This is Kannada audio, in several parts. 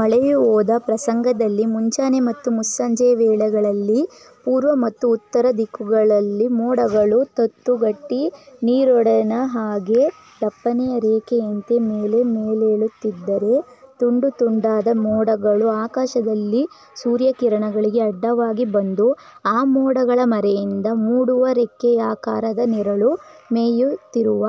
ಮಳೆಯು ಹೋದ ಪ್ರಸಂಗದಲ್ಲಿ ಮುಂಜಾನೆ ಮತ್ತು ಮುಸ್ಸಂಜೆಯ ವೇಳೆಗಳಲ್ಲಿ ಪೂರ್ವ ಮತ್ತು ಉತ್ತರ ದಿಕ್ಕುಗಳಲ್ಲಿ ಮೋಡಗಳು ತತ್ತುಗಟ್ಟಿ ನೀರೊಡ್ಡಿನ ಹಾಗೆ; ದಪ್ಪನೆಯ ರೇಖೆಯಂತೆ ಮೇಲೆ ಮೇಲೇಳುತ್ತಿದ್ದರೆ, ತುಂಡುತುಂಡಾದ ಮೋಡಗಳು ಆಕಾಶದಲ್ಲಿ ಸೂರ್ಯ ಕಿರಣಗಳಿಗೆ ಅಡ್ಡವಾಗಿ ಬಂದು; ಆ ಮೋಡಗಳ ಮರೆಯಿಂದ ಮೂಡುವ ರೆಕ್ಕೆಯಾಕಾರದ ನೆರಳು ಮೇಯ್ಯುತ್ತಿರುವ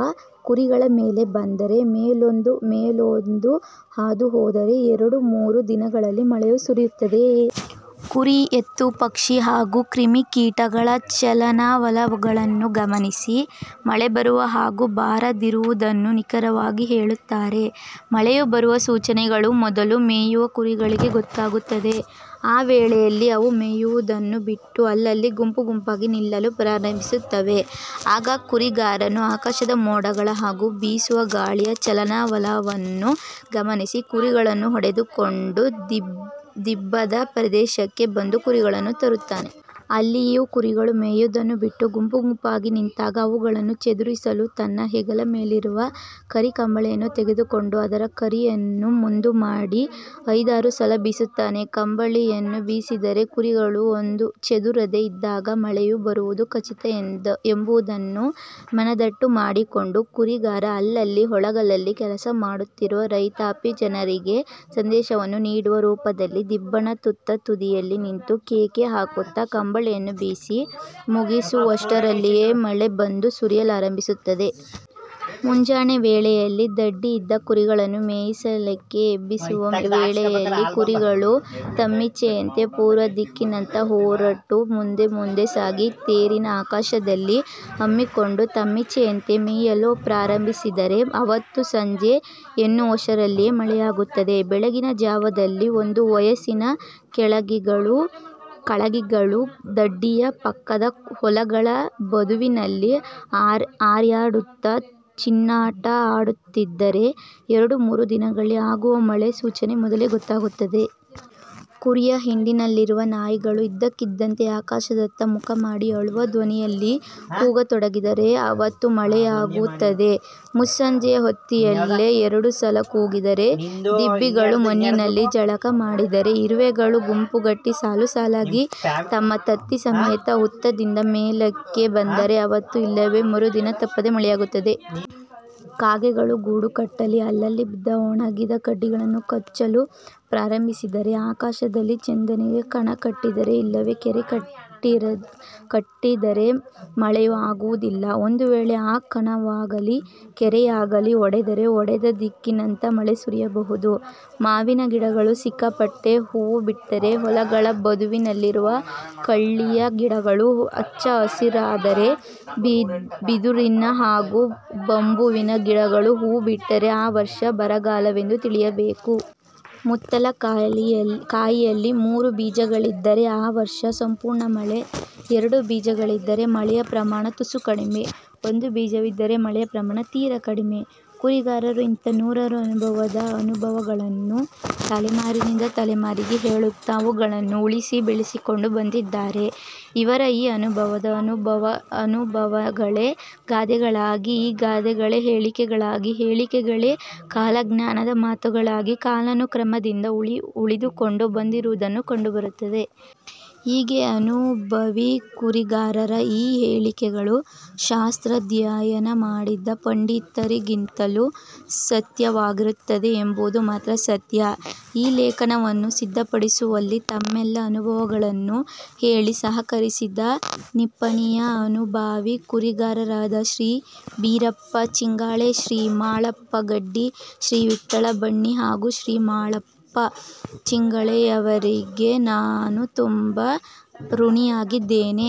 ಕುರಿಗಳ ಮೇಲೆ ಬಂದರೆ ಮೇಲೊಂದು ಹಾದು ಹೋದರೆ ಎರಡು ಮೂರು ದಿನಗಳಲ್ಲಿ ಮಳೆಯು ಸುರಿಯುತ್ತದೆ. ಕುರಿ, ಎತ್ತು, ಪಕ್ಷಿ ಹಾಗೂ ಕ್ರಿಮಿಕೀಟಗಳ ಚಲನವಲನಗಳನ್ನು ಗಮನಿಸಿ ಮಳೆಬರುವ ಹಾಗೂ ಬಾರದಿರುವುದನ್ನು ನಿಖರವಾಗಿ ಹೇಳುತ್ತಾರೆ, ಮಳೆಯು ಬರುವ ಸೂಚನೆಗಳು ಮೊದಲು ಮೇಯುವ ಕುರಿಗಳಿಗೆ ಗೊತ್ತಾಗುತ್ತದೆ. ಆ ವೇಳೆಯಲ್ಲಿ ಅವು ಮೇಯುವುದನ್ನು ಬಿಟ್ಟು ಅಲ್ಲಲ್ಲಿ ಗುಂಪು ಗುಂಪಾಗಿ ನಿಲ್ಲಲು ಪ್ರಾರಂಭಿಸುತ್ತವೆ. ಆಗ ಕುರಿಗಾರನು ಆಕಾಶದ ಮೋಡಗಳ ಹಾಗೂ ಬೀಸುವ ಗಾಳಿಯ ಚಲನವಲನವನ್ನು ಗಮನಿಸಿ, ಕುರಿಗಳನ್ನು ಹೊಡೆದುಕೊಂಡು ದಿಬ್ಬದ ಪ್ರದೇಶಕ್ಕೆ ಬಂದು ಕುರಿಗಳನ್ನು ತರಬುತ್ತಾನೆ. ಅಲ್ಲಿಯೂ ಕುರಿಗಳು ಮೇಯ್ಯುವುದನ್ನು ಬಿಟ್ಟು ಗುಂಪು ಗುಂಪಾಗಿ ನಿಂತಾಗ ಅವುಗಳನ್ನು ಚದುರಿಸಲು ತನ್ನ ಹೆಗಲ ಮೇಲಿರುವ ಕರಿ ಕಂಬಳಿಯನ್ನು ತೆಗೆದುಕೊಂಡು ಅದರ ಕರಿಯನ್ನು ಮುಂದು ಮಾಡಿ ಐದಾರು ಸಲ ಬೀಸುತ್ತಾನೆ. ಕಂಬಳಿಯನ್ನು ಬೀಸಿದರೆ ಕುರಿಗಳು ಚದುರದೇ ಇದ್ದಾಗ ಮಳೆಯು ಬರುವುದು ಖಚಿತ ಎಂಬುದನ್ನು ಮನದಟ್ಟು ಮಾಡಿಕೊಂಡು ಕುರಿಗಾರ ಅಲ್ಲಲ್ಲಿ ಹೊಲಗಳಲ್ಲಿ ಕೆಲಸ ಮಾಡುತ್ತಿರುವ ರೈತಾಪಿ ಜನರಿಗೆ ಸಂದೇಶವನ್ನು ನೀಡುವ ರೂಪದಲ್ಲಿ; ದಿಬ್ಬದ ತುತ್ತತುದಿಯಲ್ಲಿ ನಿಂತು ಕೇಕೆ ಹಾಕುತ್ತ ಕಂಬಳಿಯನ್ನು ಬೀಸಿ ಮುಗಿಸುವಷ್ಟರಲ್ಲಿಯೇ ಮಳೆ ಬಂದು ಸುರಿಯಲಾರಂಭಿಸುತ್ತದೆ. ಮುಂಜಾನೆಯ ವೇಳೆಯಲ್ಲಿ ದಡ್ಡಿಯಿಂದ ಕುರಿಗಳನ್ನು ಮೇಯಿಸಲಿಕ್ಕೆ ಎಬ್ಬಿಸುವ ವೇಳೆಯಲ್ಲಿ ಕುರಿಗಳು ತಮ್ಮಿಚ್ಛೆಯಂತೆ ಪೂರ್ವದಿಕ್ಕಿನತ್ತ ಹೊರಟು ಮುಂದೆ ಮುಂದೆ ಸಾಗಿ ತೇರಿನ ಆಕಾರದಲ್ಲಿ ಹಮ್ಮಿಕೊಂಡು ತಮ್ಮಿಚ್ಛೆಯಂತೆ ಮೇಯಲು ಪ್ರಾರಂಭಿಸಿದರೆ ಆವತ್ತು ಸಂಜೆ ಎನ್ನುವಷ್ಟರಲ್ಲಿಯೇ ಮಳೆಯಾಗುತ್ತದೆ. ಬೆಳಗಿನ ಜಾವದಲ್ಲಿ ಒಂದು ವಯಸ್ಸಿನ ಕಳಗಿಗಳು ದಡ್ಡಿಯ ಪಕ್ಕದ ಹೊಲಗಳ ಬದುವಿನಲ್ಲಿ ಹರ್ಯಾಡುತ್ತ ಚಿನ್ನಾಟ ಆಡಹತ್ತಿದರೆ ಎರಡು ಮೂರು ದಿನಗಳಲ್ಲಿ ಆಗುವ ಮಳೆಯ ಸೂಚನೆ ಮೊದಲೆ ಗೊತ್ತಾಗುತ್ತದೆ. ಕುರಿಯ ಹಿಂಡಿನಲ್ಲಿರುವ ನಾಯಿಗಳು ಇದ್ದಕ್ಕಿದ್ದಂತೆ ಆಕಾಶದತ್ತ ಮುಖಮಾಡಿ ಅಳುವ ಧ್ವನಿಯಲ್ಲಿ ಕೂಗ ತೊಡಗಿದರೆ ಆವತ್ತು ಮಳೆಯಾಗುತ್ತದೆ. ಮುಸ್ಸಂಜೆಯ ಹೊತ್ತಿಯಲ್ಲಿ ಎರಡು ಸಲ ಕೂಗಿದರೆ ಗುಬ್ಬಿಗಳು ಮಣ್ಣಿನಲ್ಲಿ ಜಳಕ ಮಾಡಿದರೆ, ಇರುವೆಗಳು ಗುಂಪುಗಟ್ಟಿ ಸಾಲು ಸಾಲಾಗಿ ತಮ್ಮ ತತ್ತಿ ಸಮೇತ ಹುತ್ತದಿಂದ ಮೇಲಕ್ಕೆ ಬಂದರೆ ಆವತ್ತು ಇಲ್ಲವೆ ಮರುದಿನ ತಪ್ಪದೆ ಮಳೆಯಾಗುತ್ತದೆ. ಕಾಗೆಗಳು ಗೂಡು ಕಟ್ಟಲಿ ಅಲ್ಲಲ್ಲಿ ಬಿದ್ದ ಒಣಗಿದ ಕಡ್ಡಿಗಳನ್ನು ಕಚ್ಚಲು ಪ್ರಾರಂಭಿಸಿದರೆ; ಆಕಾಶದಲ್ಲಿ ಚಂದನಿಗೆ ಕಣ ಕಟ್ಟಿದರೆ ಇಲ್ಲವೆ ಕೆರೆ ಕಟ್ಟಿದರೆ ಮಳೆಯು ಆಗುವುದಿಲ್ಲ. ಒಂದು ವೇಳೆ ಆ ಕಣವಾಗಲಿ, ಕೆರೆಯಾಗಲಿ ಒಡೆದರೆ ಒಡೆದ ದಿಕ್ಕಿನತ್ತ ಮಳೆ ಸುರಿಯಬಹುದು. ಮಾವಿನ ಗಿಡಗಳು ಸಿಕ್ಕಾಪಟ್ಟೆ ಹೂವು ಬಿಟ್ಟರೆ; ಹೊಲಗಳ ಬದುವಿನಲ್ಲಿರುವ ಕಳ್ಳಿಯ ಗಿಡಗಳು ಹಚ್ಚ ಹಸುರಾದರೆ; ಬಿದುರಿನ ಹಾಗೂ ಬಂಬುವಿನ ಗಿಡಗಳು ಹೂವು ಬಿಟ್ಟರೆ ಆ ವರ್ಷ ಬರಗಾಲವೆಂದು ತಿಳಿಯಬೇಕು. ಮುತ್ತಲ ಕಾಯಿಯಲ್ಲಿ ಮೂರು ಬೀಜಗಳಿದ್ದರೆ ಆ ವರ್ಷ ಸಂಪೂರ್ಣ ಮಳೆ; ಎರಡು ಬೀಜಗಳಿದ್ದರೆ ಮಳೆಯ ಪ್ರಮಾಣ ತುಸು ಕಡಿಮೆ; ಒಂದು ಬೀಜವಿದ್ದರೆ ಮಳೆಯ ಪ್ರಮಾಣ ತೀರ ಕಡಿಮೆ. ಕುರಿಗಾರರು ಇಂಥ ನೂರಾರು ಅನುಭಾವದ ಅನುಭವಗಳನ್ನು ತಲೆಮಾರಿನಿಂದ ತಲೆಮಾರಿಗೆ ಹೇಳುತ್ತ ಅವುಗಳನ್ನು ಉಳಿಸಿ ಬೆಳೆಸಿಕೊಂಡು ಬಂದಿದ್ದಾರೆ. ಇವರ ಈ ಅನುಭವದ ಅನುಭವಗಳೇ ಗಾದೆಗಳಾಗಿ, ಈ ಗಾದೆಗಳೆ ಹೇಳಿಕೆಗಳಾಗಿ, ಹೇಳಿಕೆಗಳೇ ಕಾಲಜ್ಞಾನದ ಮಾತುಗಳಾಗಿ ಕಾಲಾನುಕ್ರಮದಿಂದ ಉಳಿದುಕೊಂಡು ಬಂದಿರುವುದು ಕಂಡು ಬರುತ್ತದೆ. ಹೀಗೆ ಅನುಭವಿ ಕುರಿಗಾರರ ಈ ಹೇಳಿಕೆಗಳು ಶಾಸ್ತ್ರಾಧ್ಯಯನ ಮಾಡಿದ ಪಂಡಿತರಿಗಿಂತಲೂ ಸತ್ಯವಾಗಿರುತ್ತದೆ ಎಂಬುದು ಮಾತ್ರ ಸತ್ಯ.ಈ ಲೇಖನವನ್ನು ಸಿದ್ಧಪಡಿಸುವಲ್ಲಿ ತಮ್ಮೆಲ್ಲ ಅನುಭವಗಳನ್ನು ಹೇಳಿ ಸಹಕರಿಸಿದ ನಿಪ್ಪಾಣಿಯ ಅನುಭಾವಿ ಕುರಿಗಾರರಾದ ಶ್ರೀ ಬೀರಪ್ಪ ಚಿಂಗಳೆ, ಶ್ರೀ ಮಾಳಪ್ಪ ಗಡ್ಡಿ, ಶ್ರೀ ವಿಠ್ಠಲ ಬನ್ನಿ ಹಾಗೂ ಶ್ರೀ ಮಾಳಪ್ಪ ಚಿಂಗಳೆಯವರಿಗೆ ನಾನು ತುಂಬಾ ಋಣಿಯಾಗಿದ್ದೇನೆ.